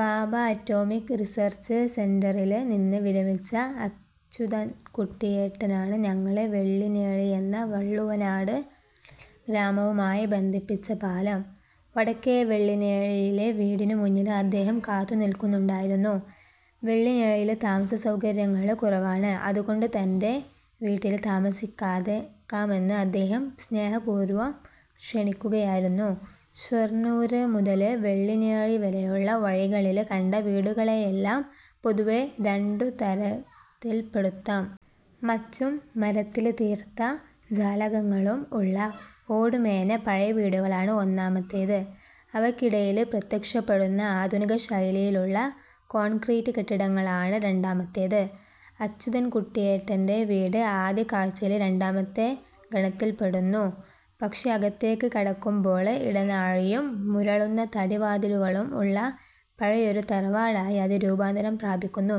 Bhabha atomic research സെന്ററില് നിന്ന് വിരമിച്ച അച്യുതന്കുട്ടിയേട്ടനാണ് ഞങ്ങളെ വെള്ളിനേഴിയെന്ന വള്ളുവനാടന് ഗ്രാമവുമായി ബന്ധിപ്പിച്ച പാലം. വടക്കേ വെള്ളിനേഴിയിലെ വീടിനു മുന്നില് അദ്ദേഹം കാത്തുനില്ക്കുന്നുണ്ടായിരുന്നു. വെള്ളിനേഴിയില് താമസസൗകര്യങ്ങള് കുറവാണ്. അതുകൊണ്ട് തന്റെ വീട്ടില് താമസിക്കാമെന്ന് അദ്ദേഹം സ്നേഹപൂര്വം ക്ഷണിക്കുകയായിരുന്നു. ഷൊര്ണൂര് മുതല് വെള്ളിനേഴിവരെയുള്ള വഴികളില് കണ്ട വീടുകളെയെല്ലാം പൊതുവേ രണ്ടുതരത്തില്പ്പെടുത്താം. മച്ചും മരത്തില് തീര്ത്ത ജാലകങ്ങളും ഉള്ള ഓടുമേഞ്ഞ പഴയവീടുകളാണ് ഒന്നാമത്തെത്. അവയ്ക്കിടയില് പ്രത്യക്ഷപ്പെടുന്ന ആധുനികശൈലിയിലുള്ള കോണ്ക്രീറ്റ് കെട്ടിടങ്ങളാണ് രണ്ടാമത്തെത്. അച്യുതന്കുട്ടിയേട്ടന്റെ വീട് ആദ്യ കാഴ്ചയില് രണ്ടാമത്തെ ഗണത്തില്പ്പെടുന്നു. പക്ഷേ, അകത്തേക്ക് കടക്കുമ്പോള് ഇടനാഴിയും മുരളുന്ന തടി വാതിലുകളും ഉള്ള പഴയൊരു തറവാടായി അത് രൂപാന്തരം പ്രാപിക്കുന്നു.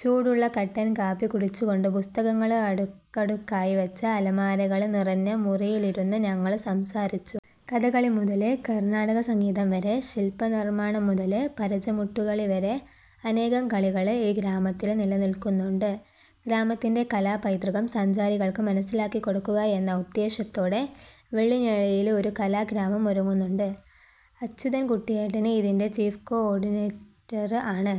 ചൂടുള്ള കട്ടന്കാപ്പി കുടിച്ചുകൊണ്ട് പുസ്തകങ്ങള് അടുക്കടുക്കായിവെച്ച അലമാരകള് നിറഞ്ഞ മുറിയിലിരുന്ന് ഞങ്ങള് സംസാരിച്ചു. കഥകളിമുതല് കര്ണാടകസംഗീതംവരെ, ശില്പനിര്മാണംമുതല് പരിചമുട്ടുകളിവരെ അനേകം കലകള് ഈ ഗ്രാമത്തില് നിലനില്ക്കുന്നുണ്ട്. ഗ്രാമത്തിന്റെ കലാപൈതൃകം സഞ്ചാരികള്ക്ക് മനസ്സിലാക്കികൊടുക്കുക എന്ന ഉദ്ദേശ്യത്തോടെ വെള്ളിനേഴിയില് ഒരു കലാഗ്രാമം ഒരുങ്ങുന്നുണ്ട്. അച്യുതന്കുട്ടിയേട്ടന് ഇതിന്റെ ചീഫ് കോ ഓഡിനേറ്റര് ആണ്.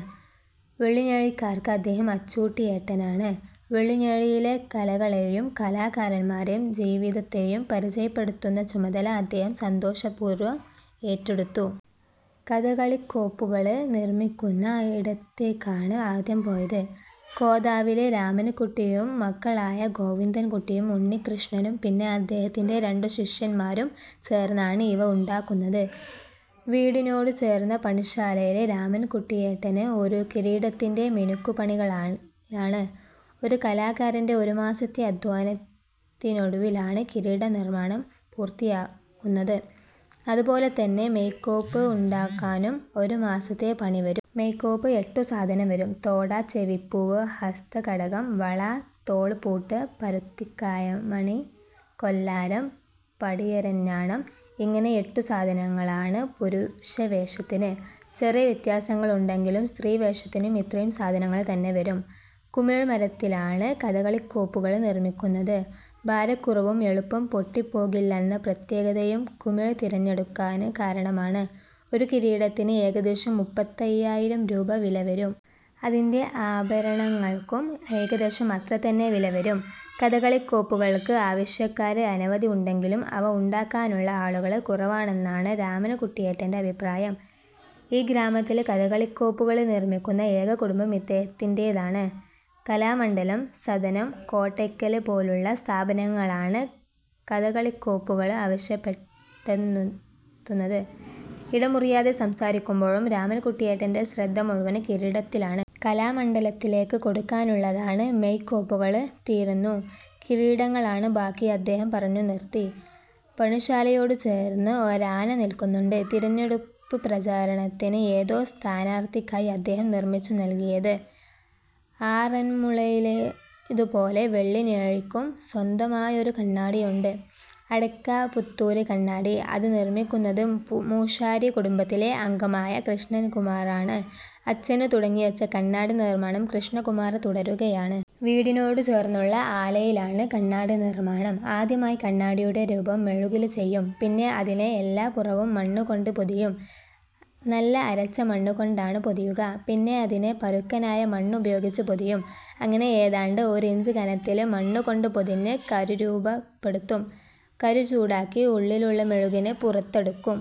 വെള്ളിനേഴിക്കാര്ക്ക് അദ്ദേഹം അച്ചൂട്ടിയേട്ടനാണ്. വെള്ളിനേഴിയിലെ കലകളെയും കലാകാരന്മാരെയും ജീവിതത്തെയും പരിചയപ്പെടുത്തുന്ന ചുമതല അദ്ദേഹം സന്തോഷപൂര്വം ഏറ്റെടുത്തു. കഥകളിക്കോപ്പുകള് നിര്മിക്കുന്ന ഇടത്തേക്കാണ് ആദ്യം പോയത്. കോതാവില് രാമന്കുട്ടിയും മക്കളായ ഗോവിന്ദന്കുട്ടിയും ഉണ്ണികൃഷ്ണനും പിന്നെ അദേഹത്തിന്റെ രണ്ടുശിഷ്യന്മാരും ചേര്ന്നാണ് ഇവ ഉണ്ടാക്കുന്നത്. വീടിനോടു ചേര്ന്ന പണിശാലയില് രാമന്കുട്ടിയേട്ടന് ഒരു കിരീടത്തിന്റെ മിനുക്കുപണികളിലാണ്. ഒരു കലാകാരന്റെ ഒരു മാസത്തെ അധ്വാനത്തിനൊടുവിലാണ് കിരീടനിര്മാണം പൂര്ത്തിയാകുന്നത്. അതുപോലെതന്നെ മെയ്ക്കോപ്പ് ഉണ്ടാക്കാനും ഒരു മാസത്തെ പണിവരും. മെയ്ക്കോപ്പ് എട്ടു സാധനം വരും. തോട, ചെവിപ്പൂവ്, ഹസ്തകടകം, വള, തോള്പ്പൂട്ട്, പരുത്തിക്കായമണി, കൊല്ലാരം, പടിയരഞ്ഞാണം. ഇങ്ങനെ എട്ടുസാധനങ്ങളാണ് പുരുഷവേഷത്തിന്. ചെറിയ വ്യത്യാസങ്ങളുണ്ടെങ്കിലും സ്ത്രീവേഷത്തിനും ഇത്രയും സാധനങ്ങള് തന്നെ വരും. കുമിഴ് മരത്തിലാണ് കഥകളിക്കോപ്പുകള് നിര്മിക്കുന്നത്. ഭാരക്കുറവും എളുപ്പം പൊട്ടിപ്പോകില്ലെന്ന പ്രത്യേകതയും കുമിഴ് തിരഞ്ഞെടുക്കാന് കാരണമാണ്. ഒരു കിരീടത്തിന് ഏകദേശം മുപ്പത്തയ്യായിരം രൂപ വില വരും. അതിന്റെ ആഭരണങ്ങള്ക്കും ഏകദേശം അത്ര തന്നെ വിലവരും. കഥകളിക്കോപ്പുകള്ക്ക് ആവശ്യക്കാര് അനവധി ഉണ്ടെങ്കിലും അവ ഉണ്ടാക്കാനുള്ള ആളുകള് കുറവാണെന്നാണ് രാമന്കുട്ടിയേട്ടന്റെ അഭിപ്രായം. ഈ ഗ്രാമത്തില് കഥകളിക്കോപ്പുകള് നിര്മിക്കുന്ന ഏക കുടുംബം ഇദ്ദേഹത്തിന്റെതാണ്. കലാമണ്ഡലം, സദനം, കോട്ടയ്ക്കല് പോലുള്ള സ്ഥാപനങ്ങളാണ് കഥകളിക്കോപ്പുകള് ആവശ്യപ്പെട്ടെത്തുന്നത്. ഇടമുറിയാതെ സംസാരിക്കുമ്പോഴും രാമന്കുട്ടിയേട്ടന്റെ ശ്രദ്ധമുഴുവന് കിരീടത്തിലാണ്. കലാമണ്ഡലത്തിലേക്ക് കൊടുക്കാനുള്ളതാണ്, മെയ്ക്കോപ്പുകള് തീര്ന്നു, കിരീടങ്ങളാണ് ബാക്കിഅദ്ദേഹം പറഞ്ഞുനിര്ത്തി. പണിശാലയോടു ചേര്ന്ന് ഒരാന നില്ക്കുന്നുണ്ട്. തിരഞ്ഞെടുപ്പ് പ്രചാരണത്തിന് ഏതോ സ്ഥാനാര്ഥിക്കായി അദ്ദേഹം നിര്മിച്ചു നല്കിയത്. ആറന്മുളയിലേതുപോലെ വെള്ളിനേഴിക്കും സ്വന്തമായൊരു കണ്ണാടിയുണ്ട്. അടയ്ക്കാപുത്തൂര് കണ്ണാടി. അത് നിര്മിക്കുന്നത് മൂശാരി കുടുംബത്തിലെ അംഗമായ കൃഷ്ണകുമാറാണ്. അച്ഛന് തുടങ്ങിവെച്ച കണ്ണാടിനിര്മാണം കൃഷ്ണകുമാര് തുടരുകയാണ്. വീടിനോടു ചേര്ന്നുള്ള ആലയിലാണ് കണ്ണാടിനിര്മാണം. ആദ്യമായി കണ്ണാടിയുടെ രൂപം മെഴുകില് ചെയ്യും. പിന്നെ അതിനെ എല്ലാപുറവും മണ്ണുകൊണ്ട് പൊതിയും. നല്ല അരച്ച മണ്ണുകൊണ്ടാണ് പൊതിയുക. പിന്നെ അതിനെ പരുക്കനായ മണ്ണ് ഉപയോഗിച്ച് പൊതിയും. അങ്ങനെ ഏതാണ്ട് ഒരിഞ്ച് കനത്തില് മണ്ണുകൊണ്ട് പൊതിഞ്ഞ് കരു രൂപപ്പെടുത്തും. കരു ചൂടാക്കി ഉള്ളിലുള്ള മെഴുകിനെ പുറത്തെടുക്കും.